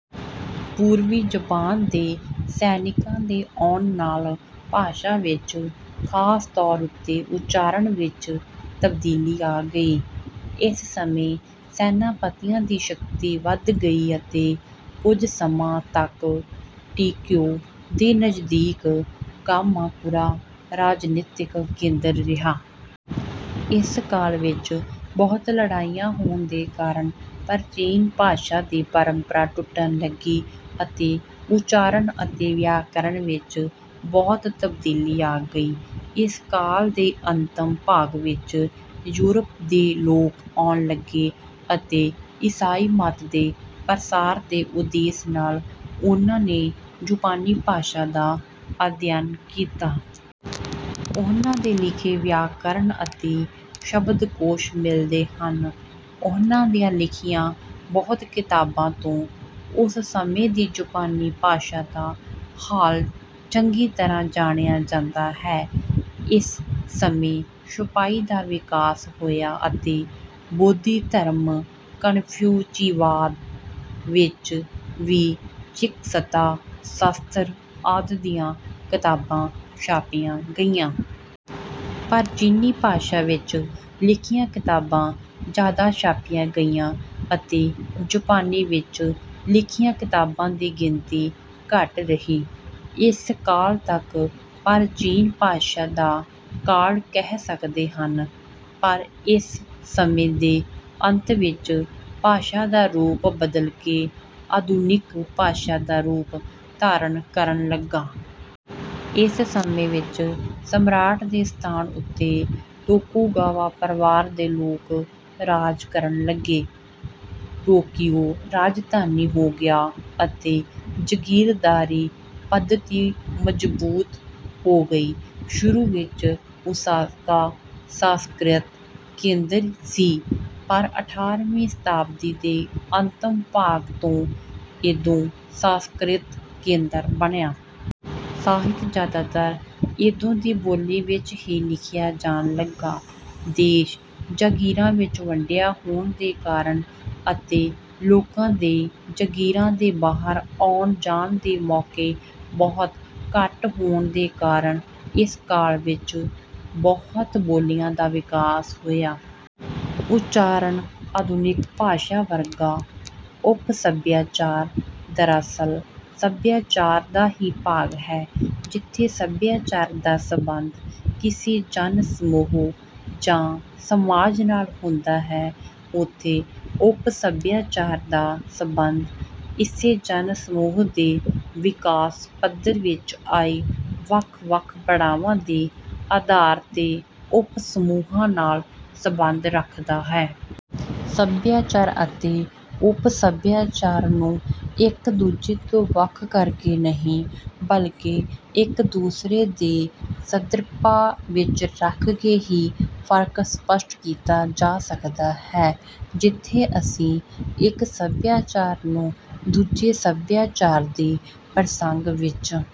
ਪੂਰਵੀ ਜਾਪਾਨ ਦੇ ਸੈਨਿਕਾਂ ਦੇ ਆਉਣ ਨਾਲ ਭਾਸ਼ਾ ਵਿੱਚ ਖਾਸ ਤੌਰ ਉੱਤੇ ਉੱਚਾਰਣ ਵਿੱਚ ਤਬਦੀਲੀ ਆ ਗਈ। ਇਸ ਸਮੇਂ ਸੈਨਾਪਤੀਆਂ ਦੀ ਸ਼ਕਤੀ ਵੱਧ ਗਈ ਅਤੇ ਕੁੱਝ ਸਮਾਂ ਤੱਕ ਟੋਕੀਉ ਦੇ ਨਜ਼ਦੀਕ ਕਾਮਾਕੁਰਾ ਰਾਜਨੀਤਕ ਕੇਂਦਰ ਰਿਹਾ। ਇਸ ਕਾਲ ਵਿੱਚ ਬਹੁਤ ਲੜਾਈਆਂ ਹੋਣ ਦੇ ਕਾਰਨ ਪ੍ਰਾਚੀਨ ਭਾਸ਼ਾ ਦੀ ਪਰੰਪਰਾ ਟੁੱਟਣ ਲੱਗੀ ਅਤੇ ਉੱਚਾਰਨ ਅਤੇ ਵਿਆਕਰਨ ਵਿੱਚ ਬਹੁਤ ਤਬਦੀਲੀ ਆ ਗਈ। ਇਸ ਕਾਲ ਦੇ ਅੰਤਮ ਭਾਗ ਵਿੱਚ ਯੂਰਪ ਦੇ ਲੋਕ ਆਉਣ ਲੱਗੇ ਅਤੇ ਈਸਾਈ ਮਤ ਦੇ ਪ੍ਰਸਾਰ ਦੇ ਉਦੇਸ਼ ਨਾਲ ਉਨ੍ਹਾਂ ਨੇ ਜਾਪਾਨੀ ਭਾਸ਼ਾ ਦਾ ਅਧਿਅਨ ਕੀਤਾ। ਉਨ੍ਹਾਂ ਦੇ ਲਿਖੇ ਵਿਆਕਰਨ ਅਤੇ ਸ਼ਬਦਕੋਸ਼ ਮਿਲਦੇ ਹਨ। ਉਨ੍ਹਾਂ ਦੀਆਂ ਲਿਖੀਆਂ ਬਹੁਤ ਕਿਤਾਬਾਂ ਤੋਂ ਉਸ ਸਮੇਂ ਦੀ ਜਾਪਾਨੀ ਭਾਸ਼ਾ ਦਾ ਹਾਲ ਚੰਗੀ ਤਰ੍ਹਾਂ ਜਾਣਿਆ ਜਾਂਦਾ ਹੈ। ਇਸ ਸਮੇਂ ਛਪਾਈ ਦਾ ਵਿਕਾਸ ਹੋਇਆ ਅਤੇ ਬੋਧੀ ਧਰਮ, ਕਨਫਿਊਚੀਵਾਦ, ਵਿੱਚ ਵੀ ਚਿਕਿਤਸਾ ਸ਼ਾਸਤਰ ਆਦਿ ਦੀਆਂ ਕਿਤਾਬਾਂ ਛਾਪੀਆਂ ਗਈਆਂ। ਪਰ ਚੀਨੀ ਭਾਸ਼ਾ ਵਿੱਚ ਲਿਖੀਆਂ ਕਿਤਾਬਾਂ ਜਿਆਦਾ ਛਾਪੀਆਂ ਗਈਆਂ ਅਤੇ ਜਾਪਾਨੀ ਵਿੱਚ ਲਿਖੀਆਂ ਕਿਤਾਬਾਂ ਦੀ ਗਿਣਤੀ ਘੱਟ ਰਹੀ। ਇਸ ਕਾਲ ਤੱਕ ਪ੍ਰਾਚੀਨ ਭਾਸ਼ਾ ਦਾ ਕਾਲ ਕਹਿ ਸਕਦੇ ਹਨ। ਪਰ ਇਸ ਸਮੇਂ ਦੇ ਅੰਤ ਵਿੱਚ ਭਾਸ਼ਾ ਦਾ ਰੂਪ ਬਦਲਕੇ ਆਧੁਨਿਕ ਭਾਸ਼ਾ ਦਾ ਰੂਪ ਧਾਰਨ ਕਰਨ ਲਗਾ। ਇਸ ਸਮੇਂ ਵਿੱਚ ਸਮਰਾਟ ਦੇ ਸਥਾਨ ਉੱਤੇ ਤੋਕੁਗਾਵਾ ਪਰਵਾਰ ਦੇ ਲੋਕ ਰਾਜ ਕਰਨ ਲੱਗੇ, ਟੋਕੀਉ ਰਾਜਧਾਨੀ ਹੋ ਗਿਆ ਅਤੇ ਜਾਗੀਰਦਾਰੀ ਪੱਧਤੀ ਮਜ਼ਬੂਤ ਹੋ ਗਈ। ਸ਼ੁਰੂ ਵਿੱਚ ਓਸਾਕਾ ਸਾਂਸਕ੍ਰਿਤਕ ਕੇਂਦਰ ਸੀ ਪਰ ਅਠਾਰਵੀਂ ਸ਼ਤਾਬਦੀ ਦੇ ਅੰਤਮ ਭਾਗ ਤੋਂ ਏਦੋ ਸਾਂਸਕ੍ਰਿਤਕ ਕੇਂਦਰ ਬਣਿਆ। ਸਾਹਿਤ ਜਿਆਦਾਤਰ ਏਦੋ ਦੀ ਬੋਲੀ ਵਿੱਚ ਹੀ ਲਿਖਿਆ ਜਾਣ ਲਗਾ। ਦੇਸ਼ ਜਾਗੀਰਾਂ ਵਿੱਚ ਵੰਡਿਆ ਹੋਣ ਦੇ ਕਾਰਨ ਅਤੇ ਲੋਕਾਂ ਦੇ ਜਾਗੀਰਾਂ ਦੇ ਬਾਹਰ ਆਉਣ ਜਾਣ ਦੇ ਮੌਕੇ ਬਹੁਤ ਘੱਟ ਹੋਣ ਦੇ ਕਾਰਨ ਇਸ ਕਾਲ ਵਿੱਚ ਬਹੁਤ ਬੋਲੀਆਂ ਦਾ ਵਿਕਾਸ ਹੋਇਆ। ਉੱਚਾਰਣ ਆਧੁਨਿਕ ਭਾਸ਼ਾ ਵਰਗਾ। ਉਪ ਸਭਿਆਚਾਰ ਦਰਅਸਲ ਸਭਿਆਚਾਰ ਦਾ ਹੀ ਭਾਗ ਹੈ। ਜਿੱਥੇ ਸਭਿਆਚਾਰ ਦਾ ਸਬੰਧ ਕਿਸੇ ਜਨ-ਸਮੂਹ ਜਾਂ ਸਮਾਜ ਨਾਲ ਹੁੰਦਾ ਹੈ ਉੱਥੇ ਉਪ-ਸਭਿਆਚਾਰ ਦਾ ਸਬੰਧ ਇਸੇ ਜਨ-ਸਮੂਹ ਦੇ ਵਿਕਾਸ ਪੱਧਰ ਵਿੱਚ ਆਏ, ਵੱਖ-ਵੱਖ ਪੜਾਵਾਂ ਦੇ ਆਧਾਰ ਤੇ ਉਪ-ਸਮੂਹਾਂ ਨਾਲ ਸਬੰਧ ਰੱਖਦਾ ਹੈ। ਸਭਿਆਚਾਰ ਅਤੇ ਉਪ-ਸਭਿਆਚਾਰ ਨੂੰ ਇਕ ਦੂਜੇ ਤੋਂ ਵੱਖ ਕਰਕੇ ਨਹੀਂ ਬਲਕਿ ਇਕ ਦੂਸਰੇ ਦੇ ਸੰਦਰਭ ਵਿੱਚ ਰੱਖਕੇ ਹੀ ਫਰਕ ਸਪੱਸ਼ਟ ਕੀਤਾ ਜਾ ਸਕਦਾ ਹੈ। ਜਿੱਥੇ ਅਸੀਂ ਇਕ ਸਭਿਆਚਾਰ ਨੂੰ ਦੂਜੇ ਸਭਿਆਚਾਰ ਦੇ ਪ੍ਰਸੰਗ ਵਿੱਚ